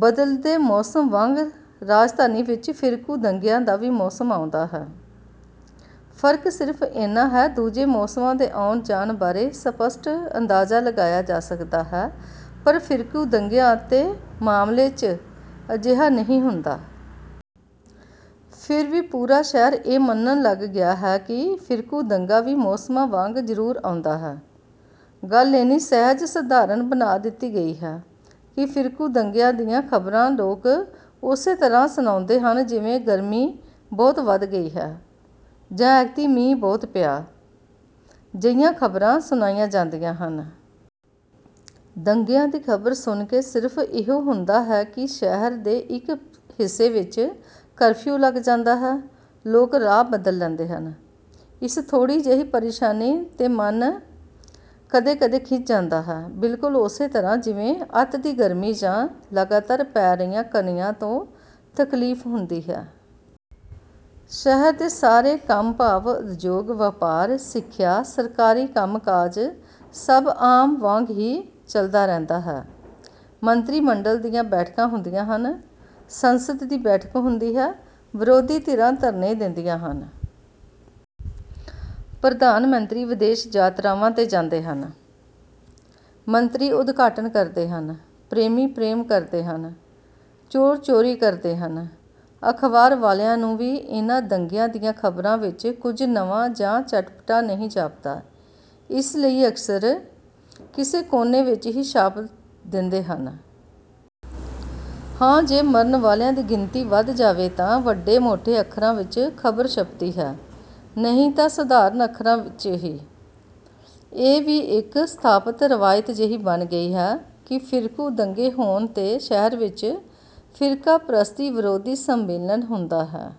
ਬਦਲਦੇ ਮੌਸਮਾਂ ਵਾਂਗ ਰਾਜਧਾਨੀ ਵਿੱਚ ਫਿਰਕੂ ਦੰਗਿਆਂ ਦਾ ਵੀ ਮੌਸਮ ਆਉਂਦਾ ਹੈ। ਫਰਕ ਸਿਰਫ ਏਨਾ ਹੈ ਦੂਜੇ ਮੌਸਮਾਂ ਦੇ ਆਉਣ-ਜਾਣ ਬਾਰੇ ਸਪੱਸ਼ਟ ਅੰਦਾਜ਼ਾ ਲਾਇਆ ਜਾ ਸਕਦਾ ਹੈ, ਪਰ ਫਿਰਕੂ ਦੰਗਿਆਂ ਦੇ ਮਾਮਲੇ 'ਚ ਅਜਿਹਾ ਨਹੀਂ ਹੁੰਦਾ। ਫਿਰ ਵੀ ਪੂਰਾ ਸ਼ਹਿਰ ਇਹ ਮੰਨਣ ਲੱਗਿਆ ਹੈ ਕਿ ਫਿਰਕੂ ਦੰਗਾ ਵੀ ਮੌਸਮਾਂ ਵਾਂਗ ਜ਼ਰੂਰ ਆਉਂਦਾ ਹੈ। ਗੱਲ ਇੰਨੀ ਸਹਿਜ-ਸਧਾਰਨ ਬਣਾ ਦਿੱਤੀ ਗਈ ਹੈ ਕਿ ਫਿਰਕੂ ਦੰਗਿਆਂ ਦੀਆਂ ਖ਼ਬਰਾਂ ਲੋਕ ਉਸੇ ਤਰ੍ਹਾਂ ਸੁਣਾਉਂਦੇ ਹਨ ਜਿਵੇਂ "ਗਰਮੀ ਬਹੁਤ ਵਧ ਗਈ ਹੈ' ਜਾਂ "ਐਤਕੀਂ ਮੀਂਹ ਬਹੁਤ ਪਿਆ" ਜਿਹੀਆਂ ਖਬਰਾਂ ਸੁਣਾਈਆਂ ਜਾਂਦੀਆਂ ਹਨ। ਦੰਗਿਆਂ ਦੀ ਖ਼ਬਰ ਸੁਣ ਕੇ ਸਿਰਫ ਇਹੋ ਹੁੰਦਾ ਹੈ ਕਿ ਸ਼ਹਿਰ ਦੇ ਇੱਕ ਹਿੱਸੇ ਵਿੱਚ ਕਰਫਿਊ ਲੱਗ ਜਾਂਦਾ ਹੈ। ਲੋਕ ਰਾਹ ਬਦਲ ਲੈਂਦੇ ਹਨ। ਇਸ ਥੋੜੀ ਜਿਹੀ ਪ੍ਰੇਸ਼ਾਨੀ 'ਤੇ ਮਨ ਕਦੇ-ਕਦੇ ਖਿਝ ਜਾਂਦੇ ਹਨ, ਬਿਲਕੁਲ ਉਸੇ ਤਰ੍ਹਾਂ ਜਿਵੇਂ ਅੱਤ ਦੀ ਗਰਮੀ ਜਾਂ ਲਗਾਤਾਰ ਪੈ ਰਹੀਆਂ ਕਣੀਆਂ ਤੋਂ ਤਕਲੀਫ ਹੁੰਦੀ ਹੈ। ਸ਼ਹਿਰ ਦੇ ਸਾਰੇ ਕੰਮ ਭਾਵ ਉਦਯੋਗ, ਵਪਾਰ, ਸਿੱਖਿਆ, ਸਰਕਾਰੀ ਕੰਮ-ਕਾਜ ਸਭ ਆਮ ਵਾਂਗ ਹੀ ਚਲਦਾ ਰਹਿੰਦਾ ਹੈ। ਮੰਤਰੀ ਮੰਡਲ਼ ਦੀਆਂ ਬੈਠਕਾਂ ਹੁੰਦੀਆਂ ਹਨ। ਸੰਸਦ ਦੀ ਬੈਠਕ ਹੁੰਦੀ ਹੈ। ਵਿਰੋਧੀ ਧਿਰਾਂ ਧਰਨੇ ਦਿੰਦੀਆਂ ਹਨ। ਪ੍ਰਧਾਨ ਮੰਤਰੀ ਵਿਦੇਸ਼ ਯਾਤਰਾਵਾਂ 'ਤੇ ਜਾਂਦੇ ਹਨ, ਮੰਤਰੀ ਉਦਘਾਟਨ ਕਰਦੇ ਹਨ, ਪ੍ਰੇਮੀ ਪ੍ਰੇਮ ਕਰਦੇ ਹਨ, ਚੋਰ ਚੋਰੀ ਕਰਦੇ ਹਨ। ਅਖ਼ਬਾਰ ਵਾਲ਼ਿਆਂ ਨੂੰ ਵੀ ਇਹਨਾਂ ਦੰਗਿਆਂ ਦੀਆਂ ਖ਼ਬਰਾਂ ਵਿੱਚ ਕੁੱਝ ਨਵਾਂ ਜਾਂ ਚਟਪਟਾ ਨਹੀਂ ਜਾਪਦਾ, ਇਸ ਲਈ ਅਕਸਰ ਕਿਸੇ ਕੋਨੇ ਵਿੱਚ ਹੀ ਛਾਪ ਦਿੰਦੇ ਹਨ। ਹਾਂ ਜੇ ਮਰਨ ਵਾਲ਼ਿਆਂ ਦੀ ਗਿਣਤੀ ਵਧ ਜਾਵੇ ਤਾਂ ਵੱਡੇ-ਮੋਟੇ ਅੱਖਰਾਂ ਵਿੱਚ ਖ਼ਬਰ ਛਪਦੀ ਹੈ, ਨਹੀਂ ਤਾਂ ਸਧਾਰਨ ਅੱਖਰਾਂ 'ਚ ਹੀ। ਇਹ ਵੀ ਇੱਕ ਸਥਾਪਤ ਰਵਾਇਤ ਜਿਹੀ ਬਣ ਗਈ ਹੈ ਕਿ ਫਿਰਕੂ ਦੰਗੇ ਹੋਣ 'ਤੇ ਸ਼ਹਿਰ ਵਿੱਚ "ਫਿਰਕਾਪ੍ਰਸਤੀ ਵਿਰੋਧੀ ਸੰਮੇਲਨ" ਹੁੰਦਾ ਹੈ।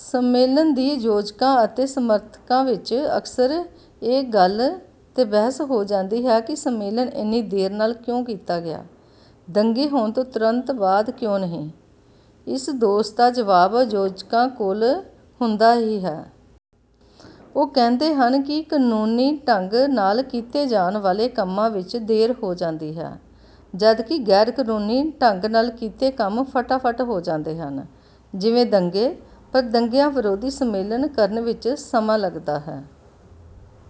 ਸੰਮੇਲਨ ਦੀ ਆਯੋਜਕਾਂ ਅਤੇ ਸਮਰਥਕਾਂ ਵਿੱਚ ਅਕਸਰ ਇਸ ਗੱਲ 'ਤੇ ਬਹਿਸ ਹੋ ਜਾਂਦੀ ਹੈ ਕਿ ਸੰਮੇਲਨ ਇੰਨੀ ਦੇਰ ਨਾਲ਼ ਕਿਉਂ ਕੀਤਾ ਗਿਆ, ਦੰਗੇ ਹੋਣ ਤੋਂ ਤੁਰੰਤ ਬਾਅਦ ਕਿਉਂ ਨਹੀਂ। ਇਸ ਦੋਸ਼ ਦਾ ਜਵਾਬ ਆਯੋਜਕਾਂ ਕੋਲ਼ ਹੁੰਦਾ ਹੀ ਹੈ। ਉਹ ਕਹਿੰਦੇ ਹਨ ਕਿ ਕਨੂੰਨੀ ਢੰਗ ਨਾਲ਼ ਕੀਤੇ ਜਾਣ ਵਾਲ਼ੇ ਕੰਮਾਂ ਵਿੱਚ ਦੇਰ ਹੋ ਹੀ ਜਾਂਦੀ ਹੈ। ਜਦਕਿ ਗੈਰ-ਕਨੂੰਨੀ ਢੰਗ ਨਾਲ਼ ਕੀਤੇ ਕੰਮ ਫਟਾਫਟ ਹੋ ਜਾਂਦੇ ਹਨ — ਜਿਵੇਂ ਦੰਗੇ। ਪਰ ਦੰਗਿਆਂ ਵਿਰੋਧੀ ਸੰਮੇਲਨ ਕਰਨ ਵਿੱਚ ਸਮਾਂ ਲਗਦਾ ਹੈ।